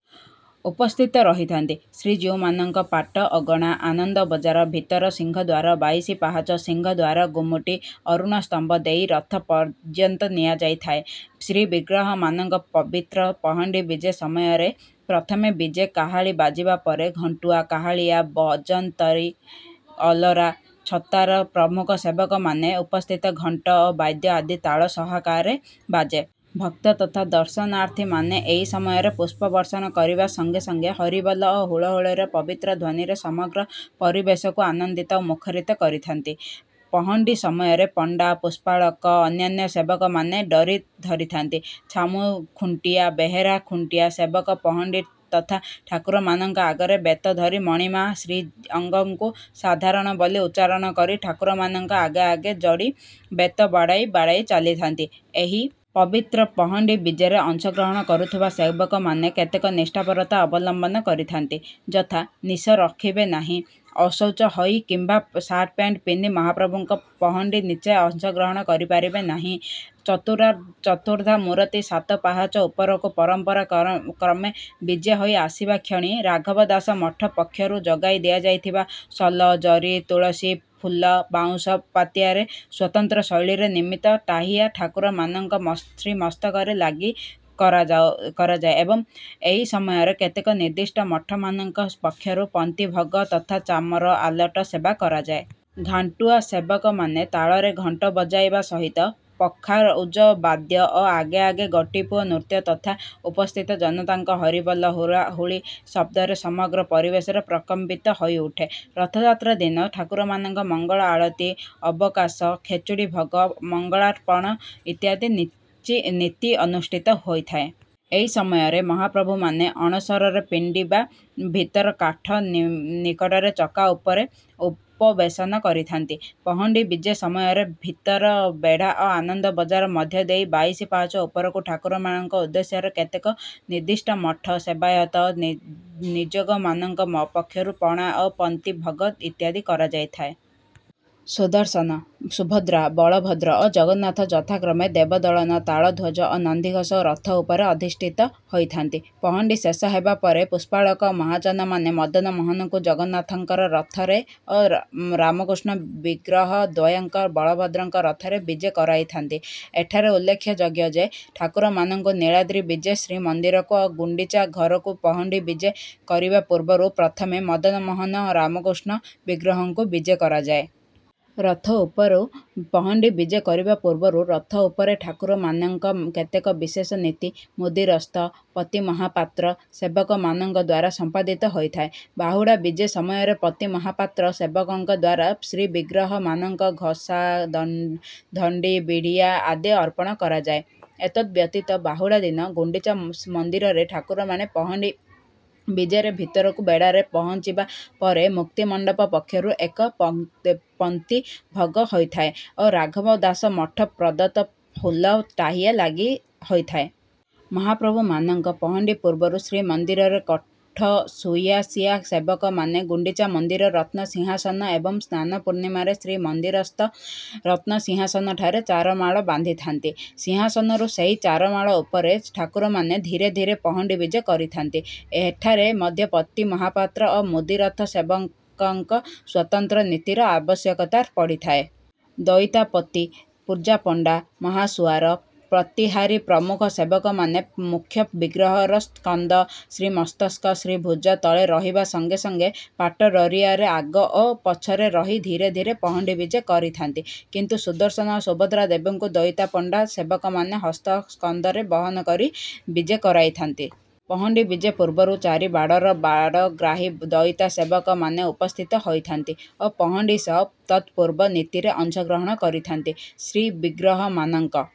ଉପସ୍ଥିତ ରହିଥାନ୍ତି। ଶ୍ରୀଜୀଉମାନଙ୍କ ପାଟ ଅଗଣା, ଆନନ୍ଦ ବଜାର, ଭିତର ସିଂହଦ୍ୱାର, ବାଇଶି ପାହାଚ, ସିଂହଦ୍ୱାର, ଗୁମୁଟି, ଅରୁଣସ୍ତମ୍ଭ ଦେଇ ରଥ ପର୍ଯ୍ୟନ୍ତ ନିଆଯାଇଥାଏ। ଶ୍ରୀବିଗ୍ରହମାନଙ୍କ ପବିତ୍ର ପହଣ୍ଡି ବିଜେ ସମୟରେ ପ୍ରଥମେ ବିଜେ କାହାଳୀ ବାଜିବା ପରେ ଘଣ୍ଟୁଆ, କାହାଳିଆ, ବଜନ୍ତରୀ, ଅଲରା, ଛତର ପ୍ରମୁଖ ସେବକମାନଙ୍କ ଉପସ୍ଥିତ ଘଣ୍ଟ ଓ ବାଦ୍ୟ ଆଦି ତାଳ ସହକାରେ ବାଜେ। ଭକ୍ତ ତଥା ଦର୍ଶନାର୍ଥୀମାନେ ଏହି ସମୟରେ ପୁଷ୍ପବର୍ଷଣ କରିବା ସଙ୍ଗେ ସଙ୍ଗେ ହରିବୋଲ ଓ ହୁଳହୁଳିର ପବିତ୍ର ଧ୍ୱନିରେ ସମଗ୍ର ପରିବେଶକୁ ଆନନ୍ଦିତ ଓ ମୁଖରିତ କରିଥାନ୍ତି। ପହଣ୍ଡି ସମୟରେ ପଣ୍ଡା, ପୁଷ୍ପାଳକ ଓ ଅନ୍ୟାନ୍ୟ ସେବକମାନେ ଡୋରି ଧରିଥାନ୍ତି। ଛାମୁ ଖୁଣ୍ଟିଆ, ବେହେରା ଖୁଣ୍ଟିଆ ସେବକ ପହଣ୍ଡି ତଥା ଠାକୁରମାନଙ୍କ ଆଗରେ ବେତ ଧରି ମଣିମା, ଶ୍ରୀଅଙ୍ଗକୁ ସାଧାରଣ ବୋଲି ଉଚ୍ଚାରଣ କରି ଠାକୁରମାନଙ୍କ ଆଗେ ଆଗେ ଯୋଡ଼ି ବେତ ବାଡ଼େଇ ବାଡ଼େଇ ଚାଲିଥାନ୍ତି। ଏହି ପବିତ୍ର ପହଣ୍ଡି ବିଜେରେ ଅଂଶଗ୍ରହଣ କରୁଥିବା ସେବକମାନେ କେତେକ ନିଷ୍ଠାପରତା ଅବଲମ୍ବନ କରିଥାନ୍ତି, ଯଥା ନିଶ ରଖିବେ ନାହିଁ। ଅଶୌଚ ହୋଇ କିମ୍ବା ସାର୍ଟ-ପ୍ୟାଣ୍ଟ ପିନ୍ଧି ମହାପ୍ରଭୁଙ୍କ ପହଣ୍ଡି ନୀତିରେ ଅଂଶଗ୍ରହଣ କରିପାରିବେ ନାହିଁ। ଚତୁର୍ଦ୍ଧାମୂର୍ତ୍ତି ସାତ ପାହାଚ ଉପରକୁ ପରମ୍ପରାକ୍ରମେ ବିଜେ ହୋଇ ଆସିବା କ୍ଷଣି ରାଘବ ଦାସ ମଠ ପକ୍ଷରୁ ଯୋଗାଇ ଦିଆଯାଇଥିବା ସୋଲ, ଜରି, ତୁଳସୀ, ଫୁଲ ବାଉଁଶ ପାତିଆରେ ସ୍ୱତନ୍ତ୍ର ଶୈଳୀରେ ନିର୍ମିତ 'ଟାହିଆ' ଠାକୁରମାନଙ୍କ ଶ୍ରୀମସ୍ତକରେ ଲାଗି କରାଯାଏ ଏବଂ ଏହି ସମୟରେ କେତେକ ନିର୍ଦ୍ଦିଷ୍ଟ ମଠମାନଙ୍କ ପକ୍ଷରୁ ପନ୍ତି ଭୋଗ ତଥା ଚାମର, ଆଲଟ ସେବା କରାଯାଏ। ଘଣ୍ଟୁଆ ସେବକମାନେ ତାଳରେ ଘଣ୍ଟ ବଜାଇବା ସହିତ ପଖାଉଜ ବାଦ୍ୟ ଓ ଆଗେ ଆଗେ ଗୋଟିପୁଅ ନୃତ୍ୟ ତଥା ଉପସ୍ଥିତ ଜନତାଙ୍କ ହରିବୋଲ, ହୁଳହୁଳି ଶବ୍ଦରେ ସମଗ୍ର ପରିବେଶରେ ପ୍ରକମ୍ପିତ ହୋଇଉଠେ। ରଥଯାତ୍ରା ଦିନ ଠାକୁରମାନଙ୍କ ମଙ୍ଗଳ ଆଳତି, ଅବକାଶ, ଖେଚୁଡ଼ି ଭୋଗ, ମଙ୍ଗଳାର୍ପଣ ଇତ୍ୟାଦି ନୀତି ନୀତି ଅନୁଷ୍ଠିତ ହୋଇଥାଏ। ଏହି ସମୟରେ ମହାପ୍ରଭୁମାନେ ଅଣସର ପିଣ୍ଡି ବା ଭିତର କାଠ ନିକଟରେ ଚକା ଉପରେ ଉପବେଶନ କରିଥାନ୍ତି। ପହଣ୍ଡି ବିଜେ ସମୟରେ ଭିତର ବେଢ଼ା ଓ ଆନନ୍ଦ ବଜାର ମଧ୍ୟଦେଇ ବାଇଶି ପାହାଚ ଉପରକୁ ଠାକୁରମାନଙ୍କ ଉଦ୍ଦେଶ୍ୟରେ କେତେକ ନିର୍ଦ୍ଦିଷ୍ଟ ମଠ, ସେବାୟତ ଓ ନିଯୋଗମାନଙ୍କ ପକ୍ଷରୁ ପଣା ଓ ପନ୍ତି ଭୋଗ ଇତ୍ୟାଦି କରାଯାଇଥାଏ। ସୁଦର୍ଶନ, ସୁଭଦ୍ରା, ବଳଭଦ୍ର ଓ ଜଗନ୍ନାଥ ଯଥାକ୍ରମେ ଦେବଦଳନ, ତାଳଧ୍ୱଜ ଓ ନନ୍ଦିଘୋଷ ରଥ ଉପରେ ଅଧିଷ୍ଠିତ ହୋଇଥାନ୍ତି। ପହଣ୍ଡି ଶେଷ ହେବାପରେ ପୁଷ୍ପାଳକ ମହାଜନମାନେ ମଦନମୋହନଙ୍କ ଜଗନ୍ନାଥଙ୍କ ରଥରେ ଓ ରାମକୃଷ୍ଣ ବିଗ୍ରହଦ୍ୱୟଙ୍କୁ ବଳଭଦ୍ରଙ୍କ ରଥରେ ବିଜେ କରାଇଥାନ୍ତି। ଏଠାରେ ଉଲ୍ଲେଖଯୋଗ୍ୟ ଯେ, ଠାକୁରମାନଙ୍କ ନୀଳାଦ୍ରି ବିଜେରେ ଶ୍ରୀମନ୍ଦିରକୁ ଓ ଗୁଣ୍ଡିଚା ଘରକୁ ପହଣ୍ଡି ବିଜେ କରିବା ପୂର୍ବରୁ ପ୍ରଥମେ ମଦନମୋହନ ଓ ରାମକୃଷ୍ଣ ବିଗ୍ରହଙ୍କୁ ବିଜେ କରାଯାଏ। ରଥ ଉପରୁ ପହଣ୍ଡି ବିଜେ କରିବା ପୂର୍ବରୁ ରଥ ଉପରେ ଠାକୁରମାନଙ୍କ କେତେକ ବିଶେଷ ନୀତି ମୁଦିରସ୍ତ, ପତିମହାପାତ୍ର ସେବକମାନଙ୍କ ଦ୍ୱାରା ସମ୍ପାଦିତ ହୋଇଥାଏ। ବାହୁଡ଼ା ବିଜେ ସମୟରେ ପତି ମହାପାତ୍ର ସେବକଙ୍କ ଦ୍ୱାରା ଶ୍ରୀବିଗ୍ରହମାନଙ୍କ ଘଷା, ଧଣ୍ଡି, ବିଡ଼ିଆ ଆଦି ଅର୍ପଣ କରାଯାଏ। ଏତଦ୍‌ବ୍ୟତୀତ ବାହୁଡ଼ା ଦିନ ଗୁଣ୍ଡିଚା ମନ୍ଦିରରେ ଠାକୁରମାନେ ପହଣ୍ଡି ବିଜେରେ ଭିତର ବେଢ଼ାରେ ପହଞ୍ଚିବା ପରେ ମୁକ୍ତିମଣ୍ଡପ ପକ୍ଷରୁ ଏକ ପନ୍ତି ଭୋଗ ହୋଇଥାଏ ଓ ରାଘବ ଦାସ ମଠ ପ୍ରଦତ୍ତ ଫୁଲ ଟାହିଆ ଲାଗି ହୋଇଥାଏ। ମହାପ୍ରଭୁମାନଙ୍କ ପହଣ୍ଡି ପୂର୍ବରୁ ଶ୍ରୀମନ୍ଦିରର କୋଠସୁଆଁସିଆ ସେବକମାନେ ଗୁଣ୍ଡିଚା ମନ୍ଦିର ରତ୍ନସିଂହାସନ ଏବଂ ସ୍ନାନ ପୂର୍ଣ୍ଣିମାରେ ଶ୍ରୀମନ୍ଦିରସ୍ଥ ରତ୍ନସିଂହାସନଠାରେ ଚାରମାଳ ବାନ୍ଧିଥାନ୍ତି। ସିଂହାସନରୁ ସେହି ଚାରମାଳ ଉପରେ ଠାକୁରମାନେ ଧୀରେ ଧୀରେ ପହଣ୍ଡି ବିଜେ କରିଥାନ୍ତି। ଏଠାରେ ମଧ୍ୟ ପତିମହାପାତ୍ର ଓ ମୁଦିରଥ ସେବକଙ୍କ ସ୍ୱତନ୍ତ୍ର ନୀତିର ଆବଶ୍ୟକତା ପଡ଼ିଥାଏ। ଦଇତାପତି, ପୂଜାପଣ୍ଡା, ମହାସୁଆର, ପ୍ରତିହାରୀ ପ୍ରମୁଖ ସେବକମାନେ ମୁଖ୍ୟ ବିଗ୍ରହର ସ୍କନ୍ଧ, ଶ୍ରୀମସ୍ତକ, ଶ୍ରୀଭୁଜ ତଳେ ରହିବା ସଙ୍ଗେ ସଙ୍ଗେ ପାଟଡୋରିଆରେ ଆଗ ଓ ପଛରେ ରହି ଧୀରେ ଧୀରେ ପହଣ୍ଡି ବିଜେ କରିଥାନ୍ତି। କିନ୍ତୁ ସୁଦର୍ଶନ ଓ ସୁଭଦ୍ରା ଦେବୀଙ୍କୁ ଦଇତାପଣ୍ଡା ସେବକମାନେ ହସ୍ତ ଓ ସ୍କନ୍ଧରେ ବହନ କରି ବିଜେ କରାଇଥାନ୍ତି। ପହଣ୍ଡି ବିଜେ ପୂର୍ବରୁ ଚାରିବାଡ଼ର ବାଡ଼ଗ୍ରାହୀ ଦଇତା ସେବକମାନେ ଉପସ୍ଥିତ ହୋଇଥାନ୍ତି ଓ ପହଣ୍ଡି ସହ ତତ୍‌ପୂର୍ବ ନୀତିରେ ଅଂଶଗ୍ରହଣ କରିଥାନ୍ତି। ଶ୍ରୀବିଗ୍ରହମାନଙ୍କ...